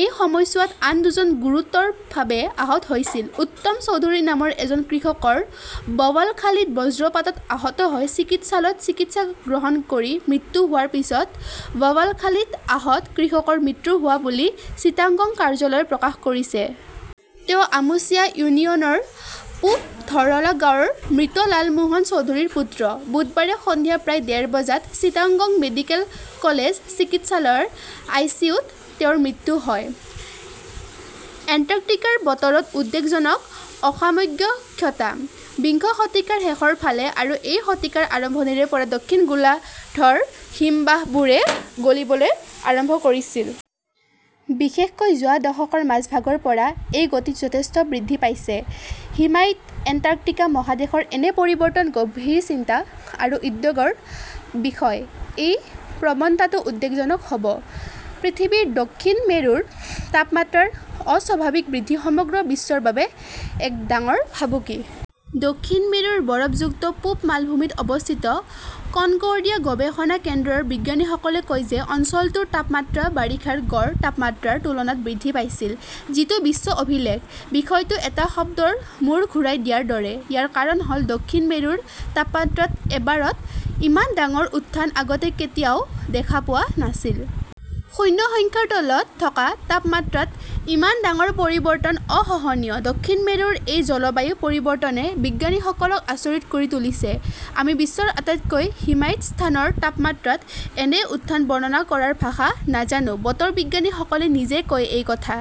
এই সময়ছোৱাত আন দুজন গুৰুতৰভাৱে আহত হৈছিল। উত্তম চৌধুৰী নামৰ এজন কৃষকৰ বৱালখালীত বজ্ৰপাতত আহত হৈ চিকিৎসালয়ত চিকিৎসা গ্ৰহণ কৰি মৃত্যু হোৱাৰ পিছত বৱালখালীত আহত কৃষকৰ মৃত্যু হোৱা বুলি চিটাগং কাৰ্যালয়ে প্ৰকাশ কৰিছে। তেওঁ আমুচিয়া ইউনিয়নৰ পূব ধৰলা গাঁৱৰ মৃত লাল মোহন চৌধুৰীৰ পুত্ৰ। বুধবাৰে সন্ধিয়া প্ৰায় ডেৰ বজাত চিটাংগং মেডিকেল কলেজ চিকিৎসালয়ৰ আইচিইউত তেওঁৰ মৃত্যু হয়। এণ্টাৰ্কটিকাৰ বতৰত উদ্বেগজনক অসামগ্যক্ষতা! বিংশ শতিকাৰ শেষৰ ফালে আৰু এই শতিকাৰ আৰম্ভণিৰে পৰা দক্ষিণ গোলাৰ্ধৰ হিমবাহবোৰে গলিবলৈ আৰম্ভ কৰিছিল। বিশেষকৈ যোৱা দশকৰ মাজভাগৰ পৰা এই গতি যথেষ্ট বৃদ্ধি পাইছে। হিমায়িত এণ্টাৰ্কটিকা মহাদেশৰ এনে পৰিৱৰ্তন গভীৰ চিন্তা আৰু উদ্বগৰ বিষয়। এই প্ৰৱণতাটো উদ্বেগজনক হব। পৃথিৱীৰ দক্ষিণ মেৰুৰ তাপমাত্ৰাৰ অস্বাভাৱিক বৃদ্ধি সমগ্ৰ বিশ্বৰ বাবে এক ডাঙৰ ভাবুকি। দক্ষিণ মেৰুৰ বৰফযুক্ত পূব মালভূমিত অৱস্থিত কনকৰ্ডিয়া গৱেষণা কেন্দ্ৰৰ বিজ্ঞানীসকলে কয় যে অঞ্চলটোৰ তাপমাত্ৰা বাৰিষাৰ গড় তাপমাত্ৰাৰ তুলনাত বৃদ্ধি পাইছিল, যিটো বিশ্ব অভিলেখ। বিষয়টো এটা শব্দৰ মূৰ ঘূৰাই দিয়াৰ দৰে। ইয়াৰ কাৰণ হ'ল, দক্ষিণ মেৰুৰ তাপমাত্ৰাত এবাৰত ইমান ডাঙৰ উত্থান আগতে কেতিয়াও দেখা পোৱা নাছিল। শূন্য সংখ্যাৰ তলত থকা তাপমাত্ৰাত ইমান ডাঙৰ পৰিৱৰ্তন অসহনীয়। দক্ষিণ মেৰুৰ এই জলবায়ু পৰিৱৰ্তনে বিজ্ঞানীসকলক আচৰিত কৰি তুলিছে। "আমি বিশ্বৰ আটাইতকৈ হিমায়িত স্থানৰ তাপমাত্ৰাত এনে উত্থান বৰ্ণনা কৰাৰ ভাষা নাজানো", বতৰ বিজ্ঞানীসকলে নিজেই কয় এই কথা।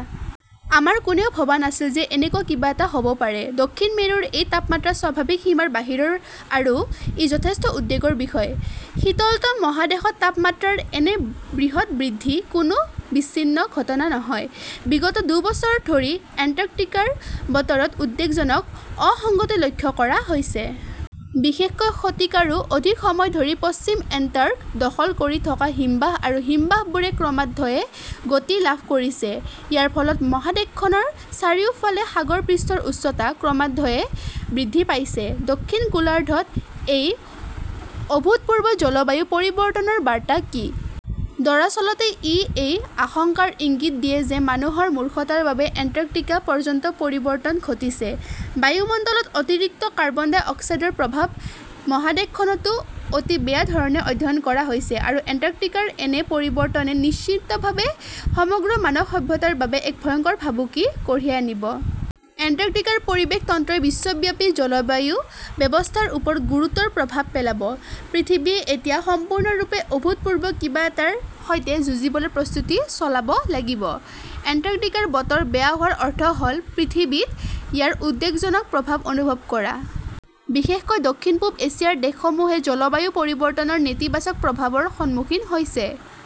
আমাৰ কোনেও ভবা নাছিল যে এনেকুৱা কিবা এটা হ'ব পাৰে। দক্ষিণ মেৰুৰ এই তাপমাত্ৰা স্বাভাৱিক সীমাৰ বাহিৰৰ আৰু ই যথেষ্ট উদ্বেগৰ বিষয়। 'শীতলতম মহাদেশত তাপমাত্ৰাৰ এনে বৃহৎ বৃদ্ধি কোনো বিচ্ছিন্ন ঘটনা নহয়। বিগত দুবছৰ ধৰি এণ্টাৰ্কটিকাৰ বতৰত উদ্বেগজনক অসঙ্গতি লক্ষ্য কৰা হৈছে। বিশেষকৈ শতিকাৰো অধিক সময় ধৰি পশ্চিম এণ্টাৰ্ক দখল কৰি থকা হিমবাহ আৰু হিমবাহবোৰে ক্ৰমান্বয়ে গতি লাভ কৰিছে। ইয়াৰ ফলত মহাদেশখনৰ চাৰিওফালে সাগৰ পৃষ্ঠৰ উচ্চতা ক্ৰমান্বয়ে বৃদ্ধি পাইছে। দক্ষিণ গোলাৰ্ধত এই অভূতপূৰ্ব জলবায়ু পৰিৱৰ্তনৰ বাৰ্তা কি? দৰাচলতে, ই এই আশংকাৰ ইংগিত দিয়ে যে মানুহৰ মূৰ্খতাৰ বাবে এণ্টাৰ্কটিকা পৰ্যন্ত পৰিৱৰ্তন ঘটিছে। বায়ুমণ্ডলত অতিৰিক্ত কাৰ্বন ডাই অক্সাইডৰ প্ৰভাৱ মহাদেশখনতো অতি বেয়া ধৰণে অধ্যয়ন কৰা হৈছে আৰু এণ্টাৰ্কটিকাৰ এনে পৰিৱৰ্তনে নিশ্চিতভাৱে সমগ্ৰ মানৱ সভ্যতাৰ বাবে এক ভয়ংকৰ ভাবুকি কঢ়িয়াই আনিব। এণ্টাৰ্কটিকাৰ পৰিৱেশ তন্ত্ৰই বিশ্বব্যাপী জলবায়ু ব্যৱস্থাৰ ওপৰত গুৰুতৰ প্ৰভাৱ পেলাব। পৃথিৱীয়ে এতিয়া সম্পূৰ্ণৰূপে অভূতপূৰ্ব কিবা এটাৰ সৈতে যুঁজিবলৈ প্ৰস্তুতি চলাব লাগিব। এণ্টাৰ্কটিকাৰ বতৰ বেয়া হোৱাৰ অৰ্থ হ'ল পৃথিৱীত ইয়াৰ উদ্বেগজনক প্ৰভাৱ অনুভৱ কৰা। বিশেষকৈ দক্ষিণ-পূব এছিয়াৰ দেশসমূহে জলবায়ু পৰিৱৰ্তনৰ নেতিবাচক প্ৰভাৱৰ সন্মুখীন হৈছে।